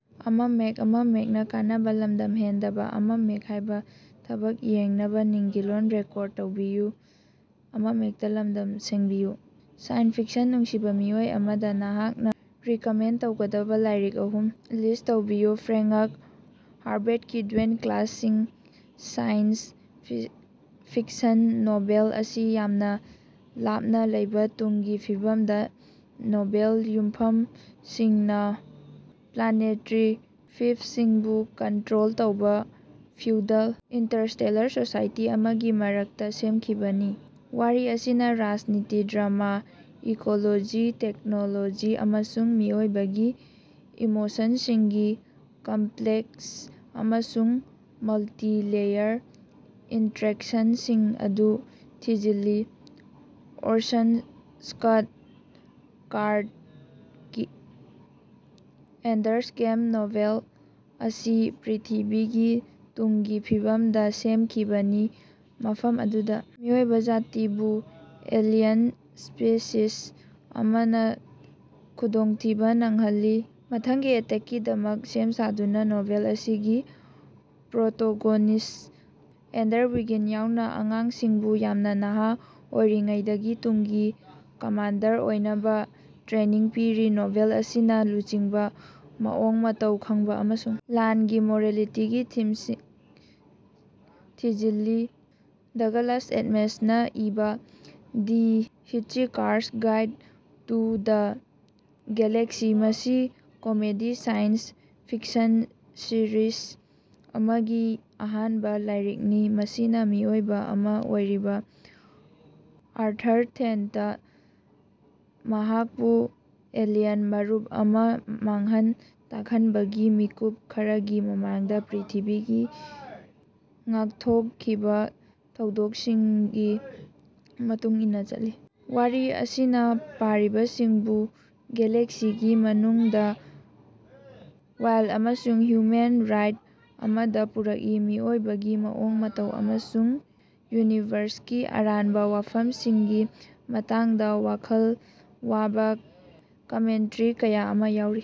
Science fiction ꯅꯨꯡꯁꯤꯕꯥ ꯃꯤꯑꯣꯏ ꯑꯃꯗ ꯅꯍꯥꯛꯅ ꯔꯤꯀꯃꯦꯟꯗ ꯇꯧꯒꯗꯕ ꯂꯥꯏꯔꯤꯛ ꯑꯍꯨꯝ ꯂꯤꯁ꯭ꯠ ꯇꯧꯕꯤꯌꯨ꯫ ꯐ꯭ꯔꯥꯉ꯭ꯛ ꯍꯔꯕꯦꯠꯀꯤ "Dune" classic science fiction novel ꯑꯁꯤ ꯌꯥꯝꯅ ꯂꯥꯞꯅ ꯂꯩꯕꯥ ꯇꯨꯡꯒꯤ ꯐꯤꯕꯝꯗ ꯅꯣꯕꯦꯜ ꯌꯨꯝꯐꯝ ꯁꯤꯡꯅ ꯄ꯭ꯂꯥꯅꯦꯇꯔꯤ ꯐꯤꯐꯁꯤꯡꯕꯨ ꯀꯟꯇ꯭ꯔꯣꯜ ꯇꯧꯕꯥ ꯐ꯭ꯌꯨꯗꯜ ꯏꯟꯇꯔꯁꯇꯦꯜꯂꯔ ꯁꯣꯁꯥꯏꯇꯤ ꯑꯃꯒꯤ ꯃꯔꯛꯇ ꯁꯦꯝꯈꯤꯕꯅꯤ꯫ ꯋꯥꯔꯤ ꯑꯁꯤꯅꯥ ꯔꯥꯖꯅꯤꯇꯤ, ꯙꯔꯃ, ꯏꯀꯣꯂꯣꯖꯤ, ꯇꯦꯛꯅꯣꯂꯣꯖꯤ ꯑꯃꯁꯨꯡ ꯃꯤꯑꯣꯏꯕꯒꯤ ꯏꯃꯣꯁꯟꯁꯤꯡꯒꯤ ꯀꯝꯄ꯭ꯂꯦꯛꯁ ꯑꯃꯁꯨꯡ ꯃꯜꯇꯤ-ꯂꯦꯌꯔ ꯏꯟꯇꯔꯦꯛꯁꯟꯁꯤꯡ ꯑꯗꯨ ꯊꯤꯖꯤꯜꯂꯤ꯫ ꯑꯣꯔꯁꯟ ꯁ꯭ꯀꯠ ꯀꯥꯔꯗꯀꯤ "ꯑꯦꯟꯗꯔꯁ ꯒꯦꯝ" ꯅꯣꯚꯦꯜ ꯑꯁꯤ ꯄ꯭ꯔꯤꯊꯤꯕꯤꯒꯤ ꯇꯨꯡꯒꯤ ꯐꯤꯕꯝꯗ ꯁꯦꯝꯈꯤꯕꯅꯤ ꯃꯐꯝ ꯑꯗꯨꯗ ꯃꯤꯑꯣꯏꯕ ꯖꯥꯇꯤꯕꯨ ꯑꯦꯂꯤꯌꯟ ꯁ꯭ꯄꯤꯁꯤꯁ ꯑꯃꯅ ꯈꯨꯗꯣꯡꯊꯤꯕ ꯅꯪꯍꯜꯂꯤ꯫ ꯃꯊꯪꯒꯤ ꯑꯦꯇꯦꯛꯇꯀꯤꯗꯃꯛ ꯁꯦꯝ ꯁꯥꯗꯨꯅ ꯅꯣꯚꯦꯜ ꯑꯁꯤꯒꯤ ꯄ꯭ꯔꯣꯇꯣꯒꯣꯅꯤꯁ꯭ꯠ ꯑꯦꯟꯗꯔ ꯋꯤꯒꯤꯟ ꯌꯥꯎꯅ ꯑꯉꯥꯡꯁꯤꯡꯕꯨ ꯌꯥꯝꯅ ꯅꯍꯥ ꯑꯣꯏꯔꯤꯉꯩꯗꯒꯤ ꯇꯨꯡꯒꯤ ꯀꯃꯥꯟꯗꯔ ꯑꯣꯏꯅꯕ ꯇ꯭ꯔꯦꯅꯤꯡ ꯄꯤꯔꯤ꯫ ꯅꯣꯚꯦꯜ ꯑꯁꯤꯅꯥ ꯂꯨꯆꯤꯡꯕ, ꯃꯑꯣꯡ ꯃꯇꯧ ꯈꯪꯕ ꯑꯃꯁꯨꯡ ꯂꯥꯟꯒꯤ ꯃꯣꯔꯦꯂꯤꯇꯤꯒꯤ ꯊꯤꯝꯁꯤꯡ ꯊꯤꯖꯤꯜꯂꯤ꯫ ꯗꯒꯂꯁ ꯑꯦꯗꯃꯁꯅ ꯏꯕꯥ "the hitchhiker's guide to the galaxy" ꯃꯁꯤ ꯀꯣꯃꯦꯗꯤ ꯁꯥꯏꯟꯁ ꯐꯤꯛꯁꯟ ꯁꯤꯔꯤꯖ ꯑꯃꯒꯤ ꯑꯍꯥꯟꯕ ꯂꯥꯏꯔꯤꯛꯅꯤ ꯃꯁꯤꯅ ꯃꯤꯑꯣꯏꯕ ꯑꯃ ꯑꯣꯏꯔꯤꯕ ꯑꯥꯔꯊꯔ ꯗꯦꯟꯇ ꯃꯍꯥꯛꯄꯨ ꯑꯦꯂꯤꯌꯟ ꯃꯔꯨꯞ ꯑꯃꯅ ꯃꯥꯡꯍꯟ ꯇꯥꯛꯍꯟꯕꯒꯤ ꯃꯤꯀꯨꯞ ꯈꯔꯒꯤ ꯃꯃꯥꯡꯗ ꯄ꯭ꯔꯤꯊꯤꯕꯤꯗꯒꯤ ꯉꯥꯛꯊꯣꯛꯈꯤꯕ ꯊꯧꯗꯣꯛꯁꯤꯡꯒꯤ ꯃꯇꯨꯡ ꯏꯟꯅ ꯆꯠꯂꯤ꯫. ꯋꯥꯔꯤ ꯑꯁꯤꯅ ꯄꯥꯔꯤꯕꯁꯤꯡꯕꯨ ꯒꯦꯂꯦꯛꯁꯤꯒꯤ ꯃꯅꯨꯡꯗ ꯋꯥꯏꯜꯗ ꯑꯃꯁꯨꯡ ꯍ꯭ꯌꯨꯃꯦꯟ ꯔꯥꯏꯗ ꯑꯃꯗ ꯄꯨꯔꯛꯏ ꯃꯤꯑꯣꯏꯕꯒꯤ ꯃꯑꯣꯡ ꯃꯇꯧ ꯑꯃꯁꯨꯡ ꯌꯨꯅꯤꯚꯔ꯭ꯁꯀꯤ ꯑꯔꯥꯟꯕ ꯋꯥꯐꯝꯁꯤꯡꯒꯤ ꯃꯇꯥꯡꯗ ꯋꯥꯈꯜ ꯋꯥꯕ ꯀꯃꯦꯟꯇꯔꯤ ꯀꯌꯥ ꯑꯃ ꯌꯥꯎꯔꯤ꯫